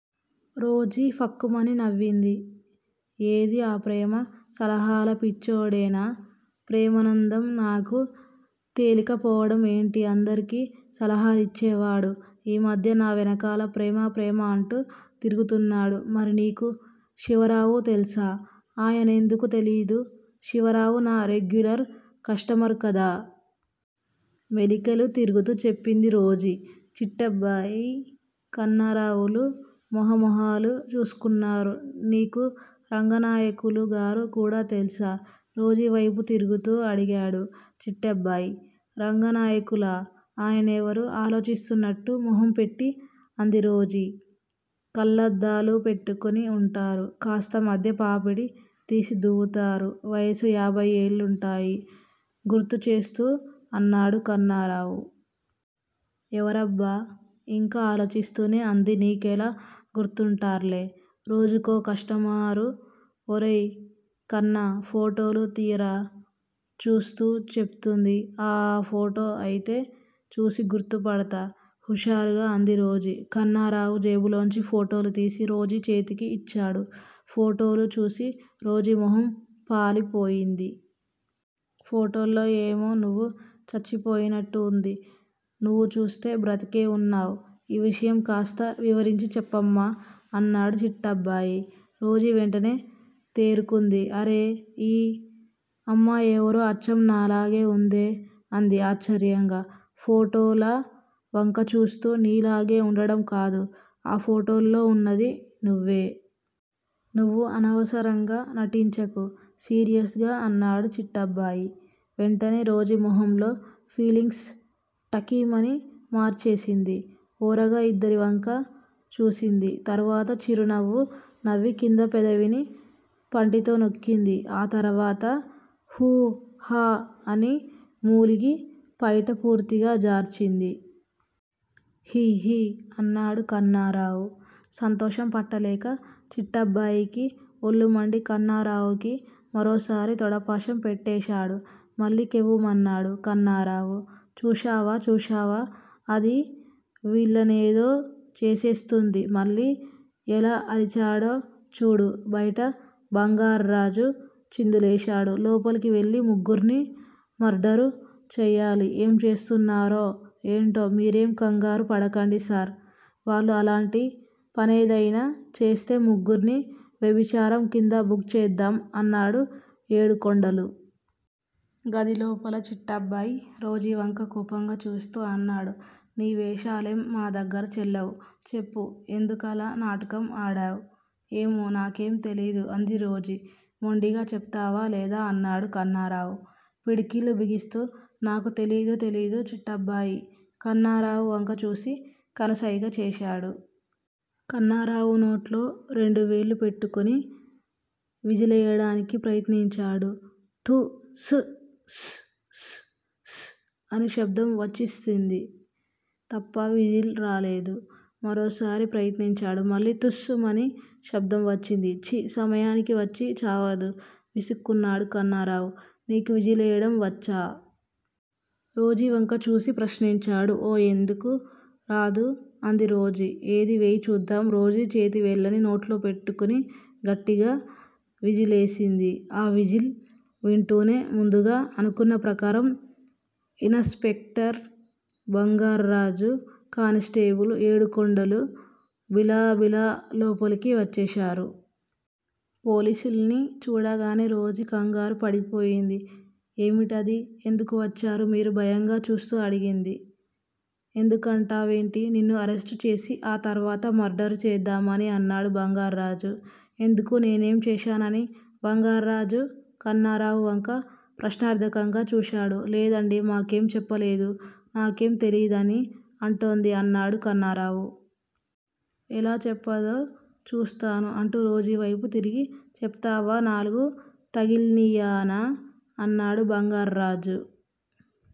Rosie ఫక్కుమని నవ్వింది. ఏది ఆ ప్రేమ సలహాల పిచ్చోడేనా? ప్రేమనంధం నాకు తేలికపోవడం ఏంటి అందరికి సలహాలిచ్చేవాడు ఈ మధ్య నా వెనకాల ప్రేమ ప్రేమ అంటూ తిరుగుతున్నాడు మరి నీకు శివరావు తెల్సా? ఆయనెందుకు తెలియదు? శివరావు నా రెగ్యులర్ కష్టమర్ కదా? మెలికలు తిరుగుతూ చెప్పింది రోజీ. చిట్టబ్బాయ్, కన్నరావులు మొహ మొహాలు చూస్కున్నారు. నీకు రంగనాయకులు గారు కూడా తెల్సా? రోజీవ్తెపు తిరుగుతూ అడిగాడు చిట్టబ్బాయ్. రంగానాయకులా? ఆయనేవరూ?? ఆలోచిస్తున్నట్టు మొహం పెట్టి అంది రోజీ. కళ్ళద్దాలు పెట్టుకుని వుంటారూ? కాస్త మధ్య పాపిడి తిసి దువ్వుతారూ? వయసు యబ్తే ఏళ్లుంటాయి గుర్తు చేస్తూ అన్నాడు కన్నారావు. ఎవరబ్బా!? ఇంకా ఆలోచిస్తూనే అంది. నీకెలా గుర్తుంటార్లె రోజుకో కష్టమారు. ఒరేయ్ కన్నా ఫోటోలు తియ్య్రా చూస్తూ చెప్తుంది ఆ ఆ ఫోటో అయితే చూసి గుర్తుపడ్తా హుషారుగా అంది రోజీ. కన్నారావు జేబులోంచి ఫోటోలు తీసి రోజీ చేతికి ఇచ్చాడు. ఫోటోలు చూసి రోజీ మొహం పాలి పోయింది. ఫోటోల్లో ఏమో నువ్వు చచ్చిపోయినట్టు ఉంది. నువ్వు చూస్తే బ్రతికే వున్నావ్ ఈ విషయం కాస్త వివరించి చెప్పమ్మా అన్నాడు చిట్టబ్బాయి. రోజీ వెంటనే తేరుకుంది. అరె! ఈ అమ్మాయెవరో అచ్చం నాలాగే ఉందే అంది ఆశ్చర్యంగా ఫోటోల వంక చూస్తూ. నీలాగే ఉండడం కాదు ఆ ఫోటోల్లో ఉన్నది నువ్వే. నువ్వు అనవసరంగా నటించకు సీరియస్ గా అన్నాడు చిట్టబ్బాయ్. వెంటనే రోజీ మొహంలో ఫీలింగ్స్ ఠకిమని మార్చేసింది. ఓరగా ఇద్దరి వంకా చూసింది. తరువాత చిరునవ్వు నవ్వి కింద పెదవిని పంటితో నొక్కింది. ఆ తర్వాత ఊ ఆ అని మూలిగి ప్తెట పూర్తిగా జార్చింది. హి హి అన్నాడు కన్నారావు సంతోషం పట్టలేక. చిట్టబ్బయికి ఒళ్ళుమండి కన్నారావుకి మరోసారి తొడపాశం పెట్టేశాడు. మళ్ళి కెవ్వుమన్నాడు కన్నారావు. చూశావా చూశావా? అది వీళ్ళనేదో చేసేస్తుంది. మళ్ళి ఎలా అరిచాడో చూడు!! బయట బంగార్రాజు చిందులేశాడు. లోపలికి వెళ్ళి ముగ్గుర్ని మర్డరు చెయ్యాలి! ఏం చేస్తున్నారో ఏంటో మీరేం కంగారు పడకండి సార్ వాళ్ళు అలాంటి పనేద్తేనా చేస్తే ముగ్గుర్ని వ్యభిచారం కింద బుక్ చేద్దాం అన్నాడు ఏడుకొండలు. గది లోపల చిట్టబ్బాయ్ రోజీవంక కోపంగా చూస్తూ అన్నాడు. ని వేశాలేం మా దగ్గర చెల్లావ్ చెప్పు ఎందుకలా నాటకం ఆడావ్? ఏమో నాకేం తెలిదు అంది రోజీ మొండిగా. చెప్తావా లేదా? అన్నాడు కన్నారావు పిడికిళ్ళు బిగిస్తూ నాకు తెలిదు తెలిదు చిట్టబ్బాయి కన్నారావు వంక చూసి కనుస్తెగా చేశాడు. కన్నారావు నోట్లో రెండు వెళ్లు పెట్టుకుని విజిలేయ్యడానికి ప్రయత్నించాడు తు స్ స్ స్ స్ అని శబ్దం వచ్చ్సింది తప్ప విజిల్ రాలేదు. మరోసారి ప్రయత్నించాడు మళ్ళి 'తుస్' మని శబ్దం వచ్చింది. ఛి సమయానికి వచ్చి చావదు విసుక్కున్నాడు కన్నారావు. నీకు విజిలేయ్యడం వచ్చా? రోజీ వంక చూసి ప్రశ్నించాడు. ఓ ఎందుకు రాదూ? అంది రోజీ. ఏది వెయ్యి చూద్దాం! రోజీ చేతి వేళ్ళని నోట్లో పెట్టుకుని గట్టిగా విజిలేసింది. ఆ విజిల్ వింటూనే ముందుగా అనుకున్న ప్రకారం ఇన స్పెక్టర్ బంగార్రాజూ, కానిస్టేబులు ఏడు కొండలూ బిలబిలా లోపలికి వచ్చేశారు. పోలిసుల్ని చూడగానే రోజీ కంగారు పడిపోయింది. ఏమిటది? ఎందుకు వచ్చారు మీరు? భయంగా చూస్తూ అడిగింది. ఎందుకంటావెంటి? నిన్ను అరెస్టు చేసి ఆ తర్వాత మర్డరు చేద్దామని అన్నాడు బంగార్రాజు. ఎందుకూ? నేనేం చేశానని?! బంగార్రాజు కన్నారావు వంక ప్రశ్నార్ధకంగా చూశాడు. లేదండి మాకేం చెప్పలేదు నాకేం తెలీదని అంటోంది అన్నాడు కన్నారావు. ఎలా చెప్పదో చూస్తాను అంటూ రోజీ వ్తెపు తిరిగి చెప్తావా? నాలుగు తగల్నియనా? అన్నాడు బంగార్ర్రాజు.